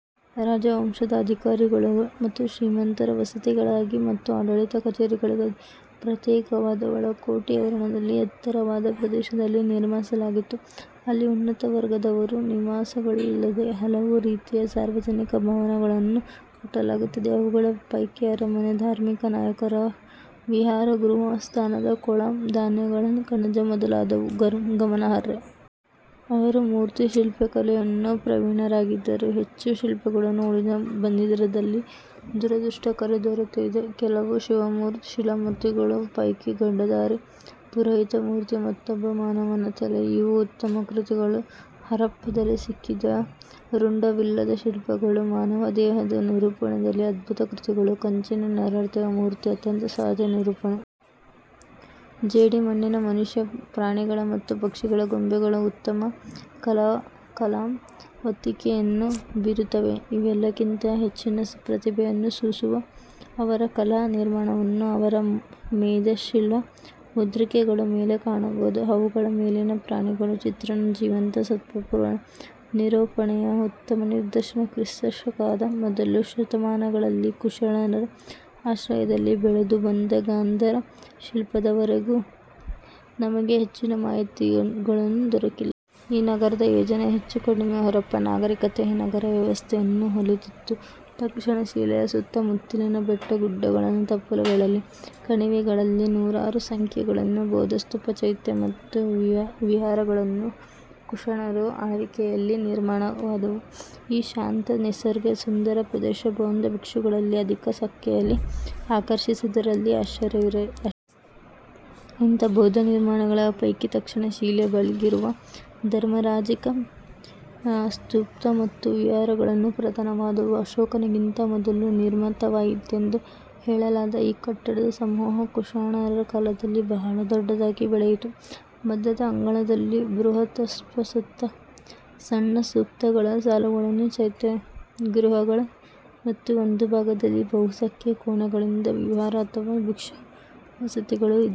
ರಾಜವಂಶದವರ, ಅಧಿಕಾರಿಗಳ ಮತ್ತು ಶ್ರೀಮಂತರ ವಸತಿಗಳಿಗಾಗಿ ಮತ್ತು ಆಡಳಿತ ಕಚೇರಿಗಳಿಗಾಗಿ ಪ್ರತ್ಯೇಕವಾದ ಒಳಕೋಟೆ ಆವರಣವನ್ನು ಎತ್ತರವಾದ ಪ್ರದೇಶದಲ್ಲಿ ನಿರ್ಮಿಸಲಾಗಿತ್ತು. ಅಲ್ಲಿ ಉನ್ನತ ವರ್ಗದವರ ನಿವಾಸಗಳಲ್ಲದೆ ಹಲವು ರೀತಿಯ ಸಾರ್ವಜನಿಕ ಭವನಗಳನ್ನು ಕಟ್ಟಲಾಗಿತ್ತು. ಅವುಗಳ ಪೈಕಿ ಅರಮನೆ, ಧಾರ್ಮಿಕ ನಾಯಕರ ವಿಹಾರಗೃಹ, ಸ್ನಾನದ ಕೊಳ, ಧಾನ್ಯಗಳ ಕಣಜ ಮೊದಲಾದವು ಗಮನಾರ್ಹ. ಅವರು ಮೂರ್ತಿಶಿಲ್ಪಕಲೆಯಲ್ಲೂ ಪ್ರವೀಣರಾಗಿದ್ದರೂ ಹೆಚ್ಚು ಶಿಲ್ಪಗಳು ಉಳಿದು ಬಂದಿಲ್ಲದಿರುವುದು ದುರದೃಷ್ಟಕರ, ದೊರೆತಿರುವ ಕೆಲವು ಶಿಲಾಮೂರ್ತಿಗಳ ಪೈಕಿ ಗಡ್ಡಧಾರಿ ಪುರೋಹಿತ ಮೂರ್ತಿ, ಮತ್ತೊಬ್ಬ ಮಾನವನ ತಲೆ ಇವು ಉತ್ತಮ ಕೃತಿಗಳು, ಹರಪ್ಪದಲ್ಲಿ ಸಿಕ್ಕಿದ ರುಂಡವಿಲ್ಲದ ಶಿಲ್ಪಗಳು ಮಾನವದೇಹದ ನಿರೂಪಣೆಯಲ್ಲಿ ಅದ್ಭುತ ಕೃತಿಗಳು. ಕಂಚಿನ ನರ್ತಕಿಯ ಮೂರ್ತಿ ಅತ್ಯಂತ ಸಹಜ ನಿರೂಪಣೆ. ಜೇಡಿಮಣ್ಣಿನ ಮನುಷ್ಯ, ಪ್ರಾಣಿಗಳ ಮತ್ತು ಪಕ್ಷಿಗಳ ಗೊಂಬೆಗಳು ಉತ್ತಮ ಕಲಾವಂತಿಕೆಯನ್ನು ಬೀರುತ್ತವೆ. ಇವೆಲ್ಲಕ್ಕಿಂತಲೂ ಹೆಚ್ಚಿನ ಪ್ರತಿಭೆಯನ್ನು ಸೂಸುವ ಅವರ ಕಲಾ ನಿರ್ಮಾಣವನ್ನು ಅವರ ಮೇದಶ್ಶಿಲಾ ಮುದ್ರಿಕೆಗಳ ಮೇಲೆ ಕಾಣಬಹುದು. ಅವುಗಳ ಮೇಲಿನ ಪ್ರಾಣಿಗಳ ಚಿತ್ರಣ ಜೀವಂತ ಸತ್ವಪೂರ್ಣ ನಿರೂಪಣೆಯ ಉತ್ತಮ ನಿದರ್ಶನ. ಕ್ರಿಸ್ತಶಕದ ಮೊದಲ ಶತಮಾನಗಳಲ್ಲಿ ಕುಷಾಣರ ಆಶ್ರಯದಲ್ಲಿ ಬೆಳೆದು ಬಂದ ಗಾಂಧಾರ ಶಿಲ್ಪದ ವರೆಗೂ ನಮಗೆ ಹೆಚ್ಚಿನ ಮಾಹಿತಿಗಳು ದೊರಕಿಲ್ಲ. ಈ ನಗರ ಯೋಜನೆ ಹೆಚ್ಚು ಕಡಿಮೆ ಹರಪ್ಪ ನಾಗರಿಕತೆಯ ನಗರ ವ್ಯವಸ್ಥೆಯನ್ನು ಹೋಲುತ್ತಿತ್ತು. ತಕ್ಷಶಿಲೆಯ ಸುತ್ತಮುತ್ತಲಿನ ಬೆಟ್ಟಗುಡ್ಡಗಳ ತಪ್ಪಲುಗಳಲ್ಲಿ, ಕಣಿವೆಗಳಲ್ಲಿ ನೂರಾರು ಸಂಖ್ಯೆಯಲ್ಲಿ ಬೌದ್ಧಸ್ತೂಪ, ಚೈತ್ಯ ಮತ್ತು ವಿಹಾರಗಳು ಕುಷಾಣರ ಆಳ್ವಿಕೆಯಲ್ಲಿ ನಿರ್ಮಾಣವಾದವು. ಈ ಶಾಂತ, ನಿಸರ್ಗ ಸುಂದರ ಪ್ರದೇಶ ಬೌದ್ಧ ಭಿಕ್ಷುಗಳನ್ನು ಅಧಿಕ ಸಂಖ್ಯೆಯಲ್ಲಿ ಆಕರ್ಷಿಸಿದುದರಲ್ಲಿ ಆಶ್ಚರ್ಯವಿಲ್ಲ. ಇಂಥ ಬೌದ್ಧ ನಿರ್ಮಾಣಗಳ ಪೈಕಿ ತಕ್ಷಶಿಲೆಯ ಬಳಿ ಇರುವ ಧರ್ಮರಾಜಿಕ ಸ್ತೂಪ ಮತ್ತು ವಿಹಾರಗಳು ಪ್ರಧಾನವಾದವು. ಅಶೋಕನಿಗಿಂತ ಮೊದಲು ನಿರ್ಮಿತವಾಯಿತೆಂದು ಹೇಳಲಾದ ಈ ಕಟ್ಟಡ ಸಮೂಹ ಕುಷಾಣರ ಕಾಲದಲ್ಲಿ ಬಹಳ ದೊಡ್ಡದಾಗಿ ಬೆಳೆಯಿತು. ಮಧ್ಯದ ಅಂಗಣದಲ್ಲಿ ಬೃಹತ್ಸ್ತೂಪ, ಸುತ್ತ ಸಣ್ಣ ಸ್ತೂಪಗಳ ಸಾಲುಗಳು ಚೈತ್ಯಗೃಹಗಳು ಮತ್ತು ಒಂದು ಭಾಗದಲ್ಲಿ ಬಹುಸಂಖ್ಯೆಯ ಕೋಣೆಗಳಿದ್ದ ವಿಹಾರ ಅಥವಾ ಭಿಕ್ಷು ವಸತಿಗಳು ಇದ್ದುವು.